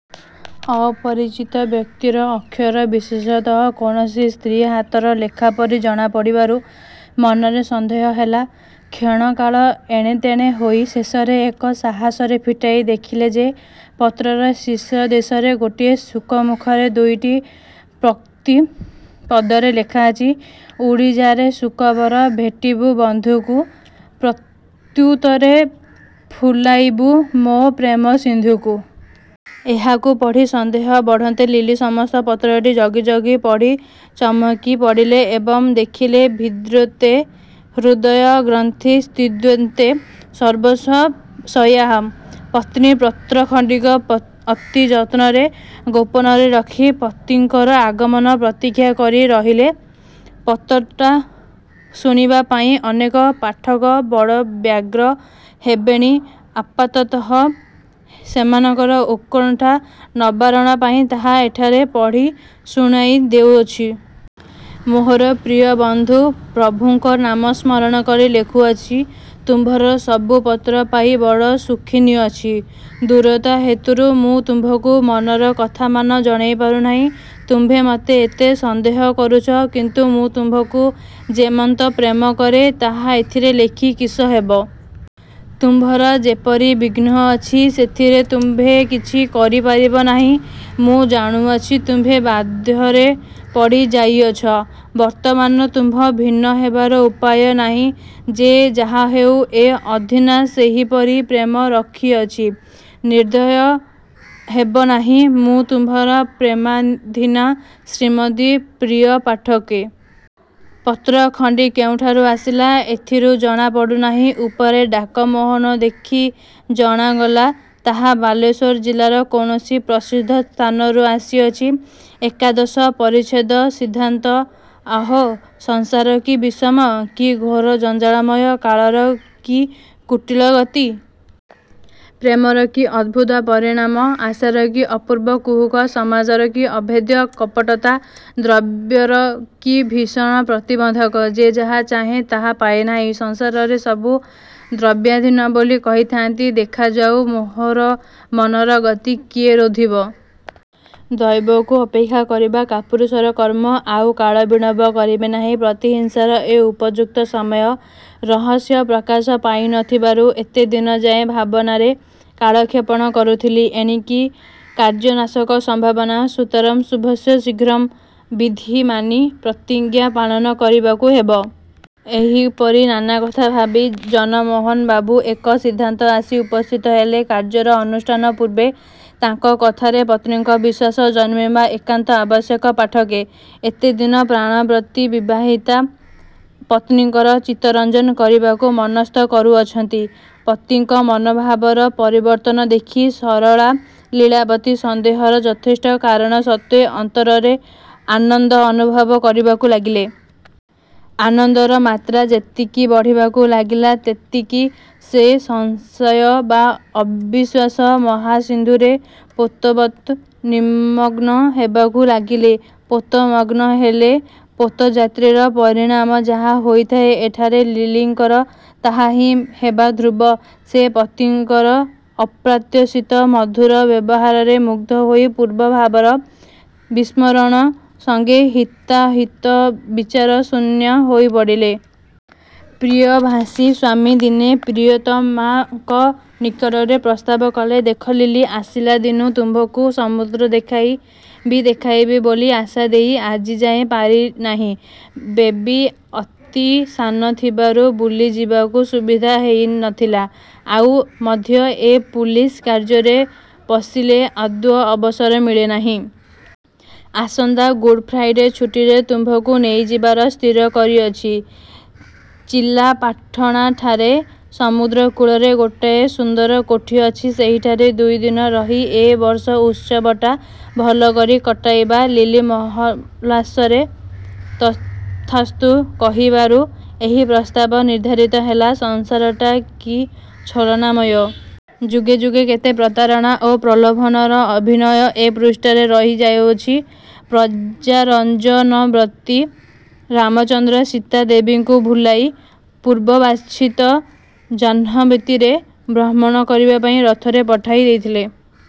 ଅପରିଚିତ ବ୍ୟକ୍ତିର ଅକ୍ଷର, ବିଶେଷତଃ କୌଣସି ସ୍ତ୍ରୀ ହାତର ଲେଖା ପରି ଜଣା ପଡ଼ିବାରୁ ମନରେ ସନ୍ଦେହ ହେଲା। କ୍ଷଣକାଳ ଏଣେତେଣେ ହୋଇ ଶେଷରେ ଏକ ସାହସରେ ଫିଟାଇ ଦେଖିଲେ ଯେ- ପତ୍ରର ଶୀର୍ଷଦେଶରେ ଗୋଟିଏ ଶୁକମୁଖରେ ଦୁଇଟି ପଂକ୍ତି ପଦ୍ୟରେ ଲେଖା ଅଛି। ''ଉଡ଼ିଯା ରେ ଶୁକବର ଭେଟିବୁ ବନ୍ଧୁଙ୍କୁ, ପ୍ରତ୍ୟୁତ୍ତରେ ଫୁଲାଇବୁ ମୋ ପ୍ରେମସିନ୍ଧୁକୁ। '' ଏହାକୁ ପଢ଼ି ସନ୍ଦେହ ବଢ଼ନ୍ତେ ଲିଲି ସମସ୍ତ ପତ୍ରଟି ଜଗି ଜଗି ପଢ଼ି ଚମକିପଡ଼ିଲେ ଏବଂ ଦେଖିଲେ ''ଭିଦ୍ୟତେ ହୃଦୟଗ୍ରନ୍ଥିଶ୍ଛିଦ୍ୟନ୍ତେ ସର୍ବସଂଶୟାଃ। '' ପତ୍ନୀ ପତ୍ରଖଣ୍ଡିକ ଅତି ଯତ୍ନରେ ଗୋପନରେ ରଖି ପତିଙ୍କର ଆଗମନ ପ୍ରତୀକ୍ଷା କରି ରହିଲେ। ପତ୍ରଟା ଶୁଣିବାପାଇଁ ଅନେକ ପାଠକ ବଡ଼ ବ୍ୟଗ୍ର ହେବେଣି ଆପାତତଃ ସେମାନଙ୍କ ଉତ୍କଣ୍ଠା ନିବାରଣପାଇଁ ତାହା ଏଠାରେ ପଢ଼ି ଶୁଣାଇ ଦେଉଅଛୁଁ। ମୋହର ପ୍ରିୟ ବନ୍ଧୁ, ପ୍ରଭୁଙ୍କର ନାମ ସ୍ମରଣ କରି ଲେଖୁଅଛି। ତୁମ୍ଭର ସବୁ ପତ୍ର ପାଇ ବଡ଼ ସୁଖିନୀ ଅଛି। ଦୂରତା ହେତୁରୁ ମୁଁ ତୁମ୍ଭଙ୍କୁ ମନର କଥାମାନ ଜଣାଇ ପାରୁ ନାହିଁ। ତୁମ୍ଭେ ମୋତେ ଏତେ ସନ୍ଦେହ କରୁଛ, କିନ୍ତୁ ମୁଁ ତୁମ୍ଭଙ୍କୁ ଯେମନ୍ତ ପ୍ରେମ କରେଁ, ତାହା ଏଥିରେ ଲେଖି କିସ ହେବ? ତୁମ୍ଭର ଯେପରି ବିଘ୍ନ ଅଛି, ସେଥିରେ ତୁମ୍ଭେ କିଛି କରି ପାରିବ ନାହିଁ। ମୁଁ ଜାଣୁଅଛି, ତୁମ୍ଭେ ବାଧ୍ୟରେ ପଡ଼ି ଯାଇଅଛ। ବର୍ତ୍ତମାନ ତୁମ୍ଭର ଭିନ୍ନ ହେବାର ଉପାୟ ନାହିଁ। ସେ ଯାହାହେଉ, ଏ ଅଧୀନା ସେହିପରି ପ୍ରେମ ରଖିଅଛି। ନିର୍ଦୟ ହେବ ନାହିଁ। ମୁଁ ତୁମ୍ଭର ପ୍ରେମାଧୀନା ଶ୍ରୀମତୀ- ପ୍ରିୟ ପାଠକେ! ପତ୍ର ଖଣ୍ତି କେଉଁଠାରୁ ଆସିଲା, ଏଥିରୁ ଜଣା ପଡ଼ୁନାହିଁ। ଉପରେ ଡାକ ମୋହର ଦେଖି ଜଣାଗଲା, ତାହା ବାଲେଶ୍ୱର ଜିଲ୍ଲାର କୌଣସି ପ୍ରସିଦ୍ଧ ସ୍ଥାନରୁ ଆସିଅଛି। ଏକାଦଶ ପରିଚ୍ଛେଦ ସିଦ୍ଧାନ୍ତ 'ଅହୋ! ସଂସାର କି ବିଷମ! କି ଘୋର ଜଞ୍ଜାଳମୟ! କାଳର କି କୁଟିଳ ଗତି! ପ୍ରେମର କି ଅଦ୍ଭୁତ ପରିଣାମ! ଆଶାର କି ଅପୂର୍ବ କୁହକ! ସମାଜର କି ଅଭେଦ୍ୟ କପଟତା! ଦୈବର କି ଭୀଷଣ ପ୍ରତିବନ୍ଧକ! ଯେ ଯାହା ଚାହେଁ, ତାହା ପାଏ ନାହିଁ। ସଂସାରରେ ସବୁ ଦୈବାଧୀନ ବୋଲି କହିଥାନ୍ତି। ଦେଖାଯାଉ ମୋହର ମନର ଗତି କିଏ ରୋଧିବ? ଦୈବକୁ ଅପେକ୍ଷା କରିବା କାପୁରୂଷର କର୍ମ। ଆଉ କାଳ ବିଳମ୍ୱ କରିବି ନାହିଁ। ପ୍ରତିହିଂସାର ଏ ଉପଯୁକ୍ତ ସମୟ। ରହସ୍ୟ ପ୍ରକାଶ ପାଇ ନ ଥିବାରୁ ଏତେଦିନଯାଏ ଭାବନାରେ କାଳକ୍ଷେପଣ କରୁଥିଲି। ଏଣିକି କାର୍ଯ୍ୟନାଶର ସମ୍ଭାବନା। ସୁତରାଂ ଶୁଭସ୍ୟ ଶୀଘ୍ରଂ' ବିଧି ମାନି ପ୍ରତିଜ୍ଞା ପାଳନ କରିବାକୁ ହେବ। ' ଏହିପରି ନାନା କଥା ଭାବି ଜନମୋହନ ବାବୁ ଏକ ସିଦ୍ଧାନ୍ତରେ ଆସି ଉପସ୍ଥିତ ହେଲେ। କାର୍ଯ୍ୟର ଅନୁଷ୍ଠାନ ପୂର୍ବେ ତାଙ୍କ କଥାରେ ପତ୍ନୀଙ୍କ ବିଶ୍ୱାସ ଜନ୍ମିବା ଏକାନ୍ତ ଆବଶ୍ୟକ। ପାଠକେ! ଏତେଦିନେ ପ୍ରାଣପତି ବିବାହିତା ପତ୍ନୀଙ୍କର ଚିତ୍ତରଞ୍ଜନ କରିବାକୁ ମନଃସ୍ଥ କରୁଅଛନ୍ତି! ପତିଙ୍କ ମନୋଭାବର ପରିବର୍ତ୍ତନ ଦେଖି ସରଳା ଲୀଳାବତୀ ସନ୍ଦେହର ଯଥେଷ୍ଟ କାରଣ ସତ୍ତ୍ୱେ ଅନ୍ତରରେ ଆନନ୍ଦ ଅନୁଭବ କରିବାକୁ ଲାଗିଲେ। ଆନନ୍ଦର ମାତ୍ରା ଯେତିକି ବଢ଼ିବାକୁ ଲାଗିଲା, ତେତିକି ସେ ସଂଶୟ ବା ଅବିଶ୍ୱାସ ମହାସିନ୍ଧୁରେ ପୋତବତ୍ ନିମଗ୍ନ ହେବାକୁ ଲାଗିଲେ। ପୋତ ମଗ୍ନ ହେଲେ ପୋତଯାତ୍ରୀର ପରିଣାମ ଯାହା ହୋଇଥାଏ, ଏଠାରେ ଲିଲିଙ୍କର ତାହାହିଁ ହେବା ଧ୍ରୁବ। ସେ ପତିଙ୍କର ଅପ୍ରତ୍ୟାଶିତ ମଧୁର ବ୍ୟବହାରରେ ମୁଗ୍ଧ ହୋଇ ପୂର୍ବ ଭାବର ବିସ୍ମରଣ ସଙ୍ଗେ ହିତାହିତ ବିଚାରଶୂନ୍ୟା ହୋଇ ପଡ଼ିଲେ। ପ୍ରିୟଭାଷୀ ସ୍ୱାମୀ ଦିନେ ପ୍ରିୟତମାଙ୍କ ନିକଟରେ ପ୍ରସ୍ତାବ କଲେ- 'ଦେଖ ଲିଲି! ଆସିଲାଦିନୁଁ ତୁମ୍ଭଙ୍କୁ ସମୁଦ୍ର ଦେଖାଇବି ଦେଖାଇବି ବୋଲି ଆଶା ଦେଇ ଆଜିଯାଏ ପାରି ନାହିଁ। ବେବି ଅତି ସାନ ଥିବାରୁ ବୁଲି ଯିବାର ସୁବିଧା ହୋଇ ନ ଥିଲା। ଆଉ ମଧ୍ୟ ଏ ପୁଲିସ କାର୍ଯ୍ୟରେ ପଶିଲେ ଆଦୌ ଅବସର ମିଳେ ନାହିଁ-। ଆସନ୍ତା ଗୁଡ଼ ଫ୍ରାଇଡ଼େ ଛୁଟିରେ ତୁମ୍ଭଙ୍କୁ ନେଇଯିବାର ସ୍ଥିର କରିଅଛି। ଚିଲାପାଟଣାଠାରେ ସମୁଦ୍ର-କୂଳରେ ଗୋଟିଏ ସୁନ୍ଦର କୋଠି ଅଛି। ସେହିଠାରେ ଦୁଇ ଦିନ ରହି ଏ ବର୍ଷ ଉତ୍ସବଟା ଭଲକରି କଟାଇବା। ' ଲିଲି ମହୋଲ୍ଲାସରେ 'ତଥାସ୍ତୁ' କହିବାରୁ ଏହି ପ୍ରସ୍ତାବ ନିର୍ଦ୍ଧାରିତ ହେଲା। ସଂସାରଟା କି ଛଳନାମୟ! ଯୁଗେ ଯୁଗେ କେତେ ପ୍ରତାରଣା ଓ ପ୍ରଲୋଭନର ଅଭିନୟ ଏ ଭୂପୃଷ୍ଠରେ ହୋଇ ଯାଉଅଛି। ପ୍ରଜାରଞ୍ଜନବ୍ରତୀ ରାମଚନ୍ଦ୍ର ସୀତାଦେବୀଙ୍କୁ ଭୁଲାଇ ପୂର୍ବବାଞ୍ଛିତ ଜାହ୍ନବୀତୀରେ ଭ୍ରମଣ କରିବାପାଇଁ ରଥରେ ପଠାଇ ଦେଇଥିଲେ।